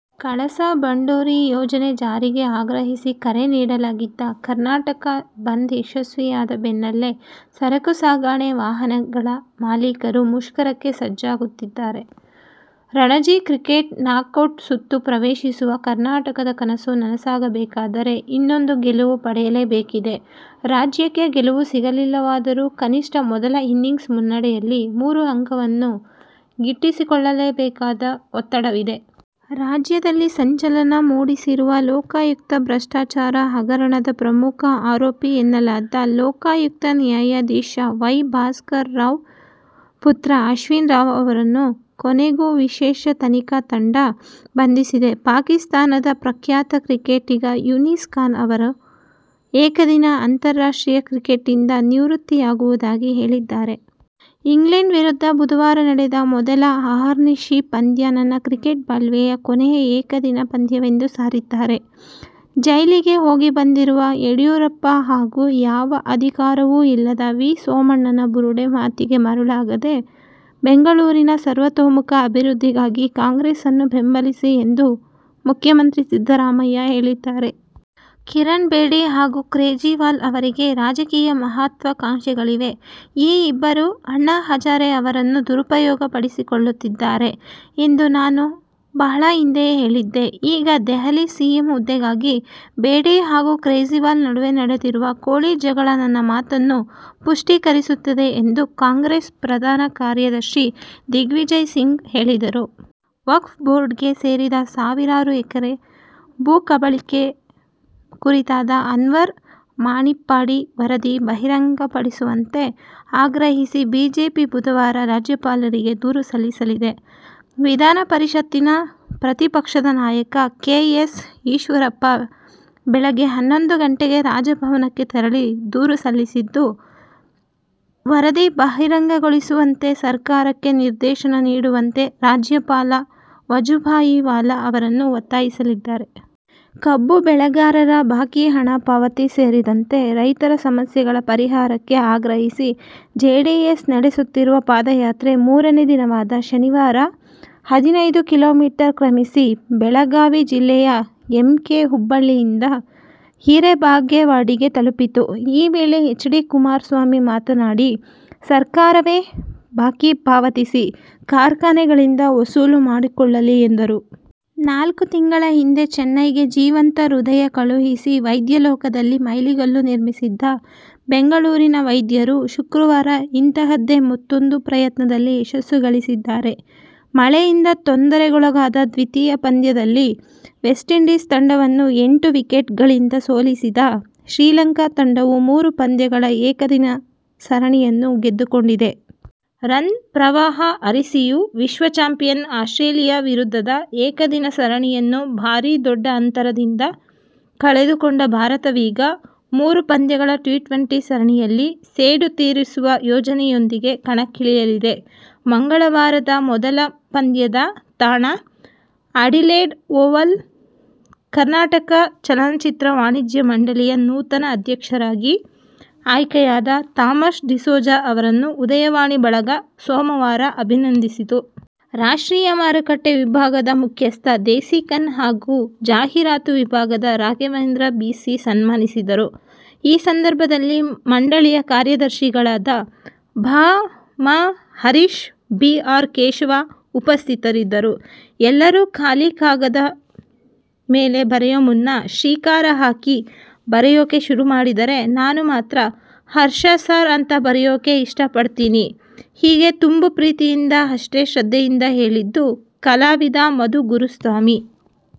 ಕಳಸಾ- ಬಂಡೂರಿ ಯೋಜನೆ ಜಾರಿಗೆ ಆಗ್ರಹಿಸಿ ಕರೆ ನೀಡಲಾಗಿದ್ದ ಕರ್ನಾಟಕ ಬಂದ್ ಯಶಸ್ವಿಯಾದ ಬೆನ್ನಲ್ಲೇ ಸರಕು ಸಾಗಣೆ ವಾಹನಗಳ ಮಾಲೀಕರು ಮುಷ್ಕರಕ್ಕೆ ಸಜ್ಜಾಗುತ್ತಿದ್ದಾರೆ. ರಣಜಿ ಕ್ರಿಕೆಟ್ ನಾಕೌಟ್ ಸುತ್ತು ಪ್ರವೇಶಿಸುವ ಕರ್ನಾಟಕದ ಕನಸು ನನಸಾಗಬೇಕಾದರೆ ಇನ್ನೊಂದು ಗೆಲುವು ಪಡೆಯಲೇಬೇಕಿದೆ. ರಾಜ್ಯಕ್ಕೆ ಗೆಲುವು ಸಿಗಲಿಲ್ಲವಾದರೂ ಕನಿಷ್ಠ ಮೊದಲ ಇನಿಂಗ್ಸ್ ಮುನ್ನಡೆಯಲ್ಲಿ ಮೂರು ಅಂಕವನ್ನು ಗಿಟ್ಟಿಸಿಕೊಳ್ಳಲೇಬೇಕಾದ ಒತ್ತಡವಿದೆ. ರಾಜ್ಯದಲ್ಲಿ ಸಂಚಲನ ಮೂಡಿಸಿರುವ ಲೋಕಾಯುಕ್ತ ಭ್ರಷ್ಟಾಚಾರ ಹಗರಣದ ಪ್ರಮುಖ ಆರೋಪಿ ಎನ್ನಲಾದ, ಲೋಕಾಯುಕ್ತ ನ್ಯಾಯಾಧೀಶ ವೈ. ಭಾಸ್ಕರ್ ರಾವ್ ಪುತ್ರ ಅಶ್ವಿನ್ ರಾವ್ ಅವರನ್ನು ಕೊನೆಗೂ ವಿಶೇಷ ತನಿಖಾ ತಂಡ ಬಂಧಿಸಿದೆ. ಪಾಕಿಸ್ಥಾನದ ಪ್ರಖ್ಯಾತ ಕ್ರಿಕೆಟಿಗ ಯೂನಿಸ್ ಖಾನ್ ಅವರು ಏಕದಿನ ಅಂತಾರಾಷ್ಟ್ರೀಯ ಕ್ರಿಕೆಟ್ನಿಂದ ನಿವೃತ್ತಿಯಾಗುವುದಾಗಿ ಹೇಳಿದ್ದಾರೆ. ಇಂಗ್ಲೆಂಡ್ ವಿರುದ್ಧ ಬುಧವಾರ ನಡೆದ ಮೊದಲ ಅಹರ್ನಿಶಿ ಪಂದ್ಯ ನನ್ನ ಕ್ರಿಕೆಟ್ ಬಾಳ್ವೆಯ ಕೊನೆಯ ಏಕದಿನ ಪಂದ್ಯವೆಂದು ಸಾರಿದ್ದಾರೆ. ಜೈಲಿಗೆ ಹೋಗಿಬಂದಿರುವ ಯಡಿಯೂರಪ್ಪ ಹಾಗೂ ಯಾವ ಅಧಿಕಾರವೂ ಇಲ್ಲದ ವಿ. ಸೋಮಣ್ಣನ ಬುರುಡೆ ಮಾತಿಗೆ ಮರಳಾಗದೆ ಬೆಂಗಳೂರಿನ ಸರ್ವತೋಮುಖ ಅಭಿವೃದ್ಧಿಗಾಗಿ ಕಾಂಗ್ರೆಸ್ ನ್ನು ಬೆಂಬಲಿಸಿ ಎಂದು ಮುಖ್ಯಮಂತ್ರಿ ಸಿದ್ದರಾಮಯ್ಯ ಹೇಳಿದ್ದಾರೆ. ಕಿರಣ್ ಬೇಡಿ ಹಾಗೂ ಕೇಜ್ರಿವಾಲ್ ಅವರಿಗೆ ರಾಜಕೀಯ ಮಹತ್ವಾಕಾಂಕ್ಷೆಗಳಿವೆ. ಈ ಇಬ್ಬರು ಅಣ್ಣಾ ಹಜಾರೆ ಅವರನ್ನು ದುರುಪಯೋಗ ಪಡಿಸಿಕೊಳ್ಳುತ್ತಿದ್ದಾರೆ ಎಂದು ನಾನು ಬಹಳ ಹಿಂದೆಯೇ ಹೇಳಿದ್ದೆ. ಈಗ ದೆಹಲಿ ಸಿಎಂ ಹುದ್ದೆಗಾಗಿ ಬೇಡಿ ಹಾಗೂ ಕೇಜ್ರಿವಾಲ್ ನಡುವೆ ನಡೆದಿರುವ ಕೋಳಿ ಜಗಳ ನನ್ನ ಮಾತನ್ನು ಪುಷ್ಟೀಕರಿಸುತ್ತದೆ ಎಂದು ಕಾಂಗ್ರೆಸ್ ಪ್ರಧಾನ ಕಾರ್ಯದರ್ಶಿ ದಿಗ್ವಿಜಯಸಿಂಗ್ ಹೇಳಿದರು. ವಕ್ಫ್ ಬೋರ್ಡ್ಗೆ ಸೇರಿದ ಸಾವಿರಾರು ಎಕರೆ ಭೂಕಬಳಿಕೆ ಕುರಿತಾದ ಅನ್ವರ್ ಮಾಣಿಪ್ಪಾಡಿ ವರದಿ ಬಹಿರಂಗಪಡಿಸುವಂತೆ ಆಗ್ರಹಿಸಿ ಬಿಜೆಪಿ ಬುಧವಾರ ರಾಜ್ಯಪಾಲರಿಗೆ ದೂರು ಸಲ್ಲಿಸಲಿದೆ. ವಿಧಾನಪರಿಷತ್ತಿನ ಪ್ರತಿಪಕ್ಷದ ನಾಯಕ ಕೆ. ಎಸ್. ಈಶ್ವರಪ್ಪ ಬೆಳಗ್ಗೆ ಹನ್ನೊಂದು ಗಂಟೆಗೆ ರಾಜಭವನಕ್ಕೆ ತೆರಳಿ ದೂರು ಸಲ್ಲಿಸಲಿದ್ದು, ವರದಿ ಬಹಿರಂಗಗೊಳಿಸುವಂತೆ ಸರ್ಕಾರಕ್ಕೆ ನಿರ್ದೇಶನನೀಡುವಂತೆ ರಾಜ್ಯಪಾಲ ವಜುಭಾಯಿ ವಾಲಾ ಅವರನ್ನು ಒತ್ತಾಯಿಸಲಿದ್ದಾರೆ. ಕಬ್ಬು ಬೆಳೆಗಾರರ ಬಾಕಿ ಹಣ ಪಾವತಿ ಸೇರಿದಂತೆ ರೈತರ ಸಮಸ್ಯೆಗಳ ಪರಿಹಾರಕ್ಕೆ ಆಗ್ರಹಿಸಿ ಜೆಡಿಎಸ್ ನಡೆಸುತ್ತಿರುವ ಪಾದಯಾತ್ರೆ ಮೂರನೇ ದಿನವಾದ ಶನಿವಾರ ಹದಿನೈದು ಕಿ. ಮೀ. ಕ್ರಮಿಸಿ ಬೆಳಗಾವಿ ಜಿಲ್ಲೆಯ ಎಂ. ಕೆ. ಹುಬ್ಬಳ್ಳಿಯಿಂದ ಹೀರೇಬಾಗೆವಾಡಿಗೆ ತಲುಪಿತು. ಈ ವೇಳೆ ಎಚ್. ಡಿ. ಕುಮಾರಸ್ವಾಮಿ ಮಾತನಾಡಿ, ಸರ್ಕಾರವೇ ಬಾಕಿ ಪಾವತಿಸಿ, ಕಾರ್ಖಾನೆಗಳಿಂದ ವಸೂಲು ಮಾಡಿಕೊಳ್ಳಲಿ ಎಂದರು. ನಾಲ್ಕು ತಿಂಗಳ ಹಿಂದೆ ಚೆನ್ನೈಗೆ ಜೀವಂತ ಹೃದಯ ಕಳುಹಿಸಿ ವೈದ್ಯ ಲೋಕದಲ್ಲಿ ಮೈಲಿಗಲ್ಲು ನಿರ್ಮಿಸಿದ್ದ ಬೆಂಗಳೂರಿನ ವೈದ್ಯರು ಶುಕ್ರವಾರ ಇಂತಹದ್ದೇ ಮತ್ತೂಂದು ಪ್ರಯತ್ನದಲ್ಲಿ ಯಶಸ್ಸು ಗಳಿಸಿದ್ದಾರೆ. ಮಳೆಯಿಂದ ತೊಂದರೆಗೊಳಗಾದ ದ್ವಿತೀಯ ಪಂದ್ಯದಲ್ಲಿ ವೆಸ್ಟ್ಇಂಡೀಸ್ ತಂಡವನ್ನು ಎಂಟು ವಿಕೆಟ್ಗಳಿಂದ ಸೋಲಿಸಿದ ಶ್ರೀಲಂಕಾ ತಂಡವು ಮೂರು ಪಂದ್ಯಗಳ ಏಕದಿನ ಸರಣಿಯನ್ನು ಗೆದ್ದುಕೊಂಡಿದೆ. ರನ್ ಪ್ರವಾಹ ಹರಿಸಿಯೂ ವಿಶ್ವ ಚಾಂಪಿಯನ್ ಆಸ್ಟ್ರೇಲಿಯ ವಿರುದ್ಧದ ಏಕದಿನ ಸರಣಿಯನ್ನು ಭಾರೀ ದೊಡ್ಡ ಅಂತರದಿಂದ ಕಳೆದುಕೊಂಡ ಭಾರತವೀಗ ಮೂರು ಪಂದ್ಯಗಳ ಟಿ-ಟ್ವೆಂಟಿ ಸರಣಿಯಲ್ಲಿ ಸೇಡು ತೀರಿಸುವ ಯೋಜನೆಯೊಂದಿಗೆ ಕಣಕ್ಕಿಳಿಯಲಿದೆ. ಮಂಗಳವಾರದ ಮೊದಲ ಪಂದ್ಯದ ತಾಣ ಅಡಿಲೇಡ್ ಓವಲ್. ಕರ್ನಾಟಕ ಚಲನಚಿತ್ರ ವಾಣಿಜ್ಯ ಮಂಡಳಿಯ ನೂತನ ಅಧ್ಯಕ್ಷರಾಗಿ ಆಯ್ಕೆಯಾದ ಥಾಮಸ್ ಡಿಸೋಜ ಅವರನ್ನು ಉದಯವಾಣಿ ಬಳಗ ಸೋಮವಾರ ಅಭಿನಂದಿಸಿತು. ರಾಷ್ಟ್ರೀಯ ಮಾರುಕಟ್ಟೆ ವಿಭಾಗದ ಮುಖ್ಯಸ್ಥ ದೇಸಿಕನ್ ಹಾಗೂ ಜಾಹೀರಾತು ವಿಭಾಗದ ರಾಘವೇಂದ್ರ ಬಿ. ಸಿ. ಸನ್ಮಾನಿಸಿದರು. ಈ ಸಂದರ್ಭದಲ್ಲಿ ಮಂಡಳಿಯ ಕಾರ್ಯದರ್ಶಿಗಳಾದ ಭಾ. ಮ. ಹರೀಶ್, ಬಿ. ಆರ್. ಕೇಶವ ಉಪಸ್ಥಿತರಿದ್ದರು. ಎಲ್ಲರೂ ಖಾಲಿ ಕಾಗದ ಮೇಲೆ ಬರೆಯೋ ಮುನ್ನ, "ಶ್ರೀ' ಕಾರ ಹಾಕಿ ಬರೆಯೋಕೆ ಶುರು ಮಾಡಿದರೆ, ನಾನು ಮಾತ್ರ, ಹರ್ಷ ಸಾರ್ ಅಂತ ಬರೆಯೋಕೆ ಇಷ್ಟಪಡ್ತೀನಿ -ಹೀಗೆ ತುಂಬು ಪ್ರೀತಿಯಿಂದ ಅಷ್ಟೇ ಶ್ರದ್ಧೆಯಿಂದ ಹೇಳಿದ್ದು, ಕಲಾವಿದ ಮಧು ಗುರುಸ್ವಾಮಿ.